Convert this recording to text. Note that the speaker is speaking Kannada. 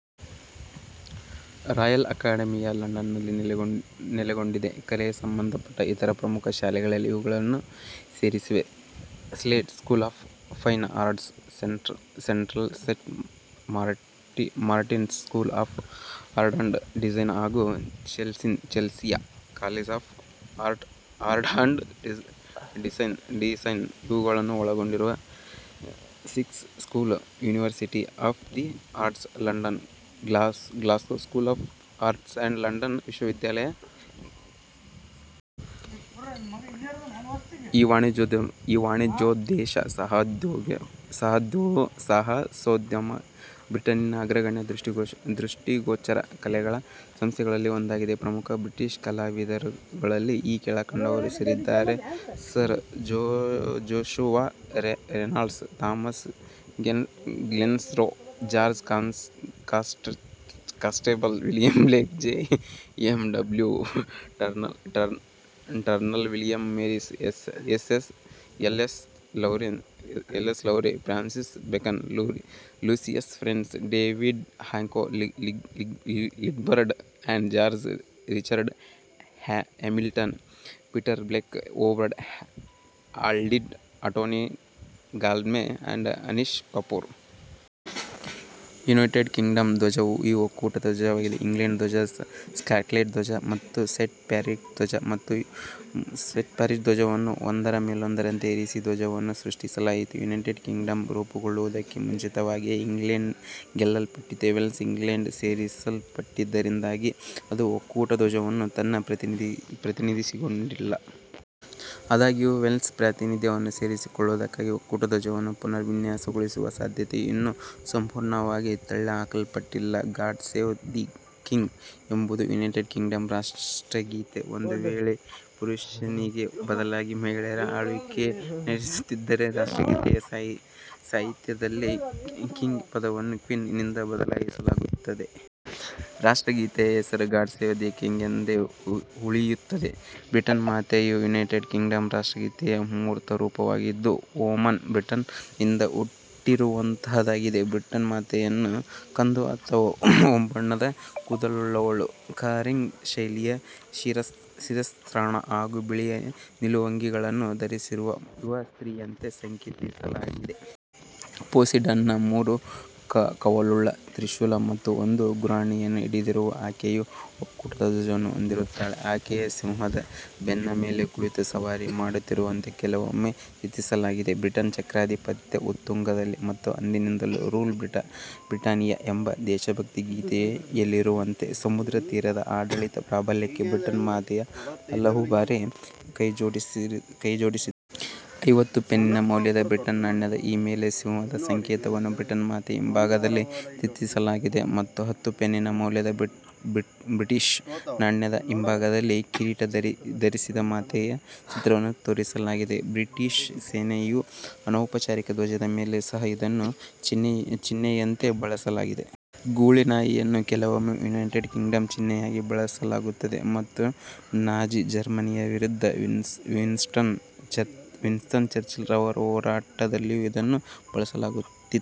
ರಾಯಲ್ ಅಕೆಡೆಮಿ ಯು ಲಂಡನ್ನಲ್ಲಿ ನೆಲೆಗೊಂಡಿದೆ. ಕಲೆಗೆ ಸಂಬಂಧಪಟ್ಟ ಇತರ ಪ್ರಮುಖ ಶಾಲೆಗಳಲ್ಲಿ ಇವುಗಳು ಸೇರಿವೆ: Slade School of Fine Art; Central Saint Martins School of Art and Design ಹಾಗೂ Chelsea College of Art and Design ಇವುಗಳನ್ನು ಒಳಗೊಂಡಿರುವ six school University of the Arts London; Glasgow School of Art ಮತ್ತು ಲಂಡನ್ ವಿಶ್ವವಿದ್ಯಾಲಯದ ಗೋಲ್ಡ್ಸ್ಮಿತ್ಸ್. ಈ ವಾಣಿಜ್ಯೋದ್ದೇಶದ ಸಾಹಸೋದ್ಯಮವು ಬ್ರಿಟನ್ನಿನ ಅಗ್ರಗಣ್ಯ ದೃಷ್ಟಿಗೋಚರ ಕಲೆಗಳ ಸಂಸ್ಥೆಗಳಲ್ಲಿ ಒಂದಾಗಿದೆ. ಪ್ರಮುಖ ಬ್ರಿಟಿಷ್ ಕಲಾವಿದರುಗಳಲ್ಲಿ ಈ ಕೆಳಕಂಡವರು ಸೇರಿದ್ದಾರೆ: Sir Joshua Reynolds, Thomas Gainsborough, John Constable, William Blake, J. M. W. Turner, William Morris, L. S. Lowry, Francis Bacon, Lucian Freud, David Hockney, Gilbert ಮತ್ತು George, Richard Hamilton, Peter Blake, Howard Hodgkin, Antony Gormley ಮತ್ತು ಅನೀಶ್ ಕಪೂರ್. ಯುನೈಟೆಡ್ ಕಿಂಗಡಂನ ಧ್ವಜ ವು ಒಕ್ಕೂಟ ಧ್ವಜ ವಾಗಿದೆ. ಇಂಗ್ಲೆಂಡ್ನ ಧ್ವಜ, ಸ್ಕಾಟ್ಲೆಂಡ್ನ ಧ್ವಜ ಮತ್ತು ಸೇಂಟ್ ಪ್ಯಾಟ್ರಿಕ್ರ ಧ್ವಜ ವನ್ನು ಒಂದರ ಮೇಲೊಂದರಂತೆ ಇರಿಸಿ ಈ ಧ್ವಜವನ್ನು ಸೃಷ್ಟಿಸಲಾಯಿತು. ಯುನೈಟೆಡ್ ಕಿಂಗಡಂ ರೂಪುಗೊಳ್ಳುವುದಕ್ಕೆ ಮುಂಚಿತವಾಗಿಯೇ, ಇಂಗ್ಲೆಂಡ್ನಿಂದ ಗೆಲ್ಲಲ್ಪಟ್ಟ ವೇಲ್ಸ್ ಇಂಗ್ಲೆಂಡ್ಗೆ ಸೇರಿಸಲ್ಪಟ್ಟಿದ್ದರಿಂದಾಗಿ ಅದು ಒಕ್ಕೂಟ ಧ್ವಜದಲ್ಲಿ ತನ್ನನ್ನು ಪ್ರತಿನಿಧಿಸಿಕೊಂಡಿಲ್ಲ. ಆದಾಗ್ಯೂ, ವೇಲ್ಸ್ನ ಪ್ರಾತಿನಿಧ್ಯವನ್ನು ಸೇರಿಸಿಕೊಳ್ಳುವುದಕ್ಕಾಗಿ ಒಕ್ಕೂಟ ಧ್ವಜವನ್ನು ಪುನರ್ ವಿನ್ಯಾಸಗೊಳಿಸುವ ಸಾಧ್ಯತೆಯು ಇನ್ನೂ ಸಂಪೂರ್ಣವಾಗಿ ತಳ್ಳಿಹಾಕಲ್ಪಟ್ಟಿಲ್ಲ. " ಗಾಡ್ ಸೇವ್ ದಿ ಕಿಂಗ್ " ಎಂಬುದು ಯುನೈಟೆಡ್ ಕಿಂಗ್ಡಂನ ರಾಷ್ಟ್ರಗೀತೆ. ಒಂದು ವೇಳೆ ಪುರುಷನಿಗೆ ಬದಲಾಗಿ ಮಹಿಳೆಯು ಆಳ್ವಿಕೆ ನಡೆಸುತ್ತಿದ್ದರೆ, ರಾಷ್ಟ್ರಗೀತೆಯ ಸಾಹಿತ್ಯದಲ್ಲಿನ "ಕಿಂಗ್" ಪದವನ್ನು "ಕ್ವೀನ್"ನಿಂದ ಬದಲಾಯಿಸಲಾಗುತ್ತದೆ. ರಾಷ್ಟ್ರಗೀತೆಯ ಹೆಸರು "ಗಾಡ್ ಸೇವ್ ದಿ ಕಿಂಗ್" ಎಂದೇ ಉಳಿಯುತ್ತದೆ. ಬ್ರಿಟನ್ ಮಾತೆ ಯು ಯುನೈಟೆಡ್ ಕಿಂಗ್ಡಂನ ರಾಷ್ಟ್ರೀಯ ಮೂರ್ತರೂಪ ವಾಗಿದ್ದು, ರೋಮನ್ ಬ್ರಿಟನ್ ನಿಂದ ಹುಟ್ಟಿರುವಂಥಾದ್ದಾಗಿದೆ. ಬ್ರಿಟನ್ ಮಾತೆಯನ್ನು ಕಂದು ಅಥವಾ ಹೊಂಬಣ್ಣದ ಕೂದಲನ್ನುಳ್ಳ, ಕಾರಿಂತ್ ಶೈಲಿಯ ಶಿರಸ್ತ್ರಾಣ ಹಾಗೂ ಬಿಳಿಯ ನಿಲುವಂಗಿಗಳನ್ನು ಧರಿಸಿರುವ ಯುವ ಸ್ತ್ರೀಯಂತೆ ಸಂಕೇತಿಸಲಾಗಿದೆ. ಪೋಸಿಡಾನ್ ನ ಮೂರು ಕವಲುಳ್ಳ ತ್ರಿಶೂಲ ಮತ್ತು ಒಂದು ಗುರಾಣಿ ಯನ್ನು ಹಿಡಿದಿರುವ ಆಕೆಯು, ಒಕ್ಕೂಟದ ಧ್ವಜವನ್ನು ಹೊಂದಿರುತ್ತಾಳೆ. ಆಕೆಯು ಸಿಂಹದ ಬೆನ್ನ ಮೇಲೆ ಕುಳಿತು ಸವಾರಿ ಮಾಡುತ್ತಿರುವಂತೆ ಕೆಲವೊಮ್ಮೆ ಚಿತ್ರಿಸಲಾಗುತ್ತದೆ. ಬ್ರಿಟನ್ ಚಕ್ರಾಧಿಪತ್ಯದ ಉತ್ತುಂಗದಲ್ಲಿ ಮತ್ತು ಅಂದಿನಿಂದಲೂ, ರೂಲ್, ಬ್ರಿಟಾನಿಯಾ! ಎಂಬ ದೇಶಭಕ್ತಿ ಗೀತೆಯಲ್ಲಿರುವಂತೆ, ಸಮುದ್ರ ತೀರದ ಆಡಳಿತ ಪ್ರಾಬಲ್ಯಕ್ಕೆ ಬ್ರಿಟನ್ ಮಾತೆಯು ಹಲವುಬಾರಿ ಕೈಜೋಡಿಸಿದ್ದಾಳೆ. ಐವತ್ತು ಪೆನ್ನಿಗಳ ಮೌಲ್ಯದ ಬ್ರಿಟಿಷ್ ನಾಣ್ಯ ದ ಮೇಲೆ ಸಿಂಹ ದ ಸಂಕೇತವನ್ನು ಬ್ರಿಟನ್ ಮಾತೆಯ ಹಿಂಭಾಗದಲ್ಲಿ ಚಿತ್ರಿಸಲಾಗಿದೆ ಮತ್ತು ಹತ್ತು ಪೆನ್ನಿಗಳ ಮೌಲ್ಯದ ಬ್ರಿಟಿಷ್ ನಾಣ್ಯ ದ ಹಿಂಭಾಗದಲ್ಲಿ ಕಿರೀಟ ಧರಿಸಿದ ಮಾತೆಯ ಚಿತ್ರವನ್ನು ತೋರಿಸಲಾಗಿದೆ. ಬ್ರಿಟಿಷ್ ಸೇನೆ ಯ ಅನೌಪಚಾರಿಕ ಧ್ವಜದ ಮೇಲೆಯೂ ಸಹ ಇದನ್ನು ಚಿಹ್ನೆಯಂತೆ ಬಳಸಲಾಗಿದೆ. ಗೂಳಿನಾಯಿ ಯನ್ನು ಕೆಲವೊಮ್ಮೆ ಯುನೈಟೆಡ್ ಕಿಂಗ್ಡಂನ ಚಿಹ್ನೆಯಾಗಿ ಬಳಸಲಾಗುತ್ತದೆ ಮತ್ತು ನಾಜಿ ಜರ್ಮನಿಯ ವಿರುದ್ಧದ ವಿನ್ಸ್ಟನ್ ಚರ್ಚಿಲ್ ರವರ ಹೋರಾಟದಲ್ಲಿಯೂ ಇದನ್ನು ಬಳಸಲಾಗಿತ್ತು.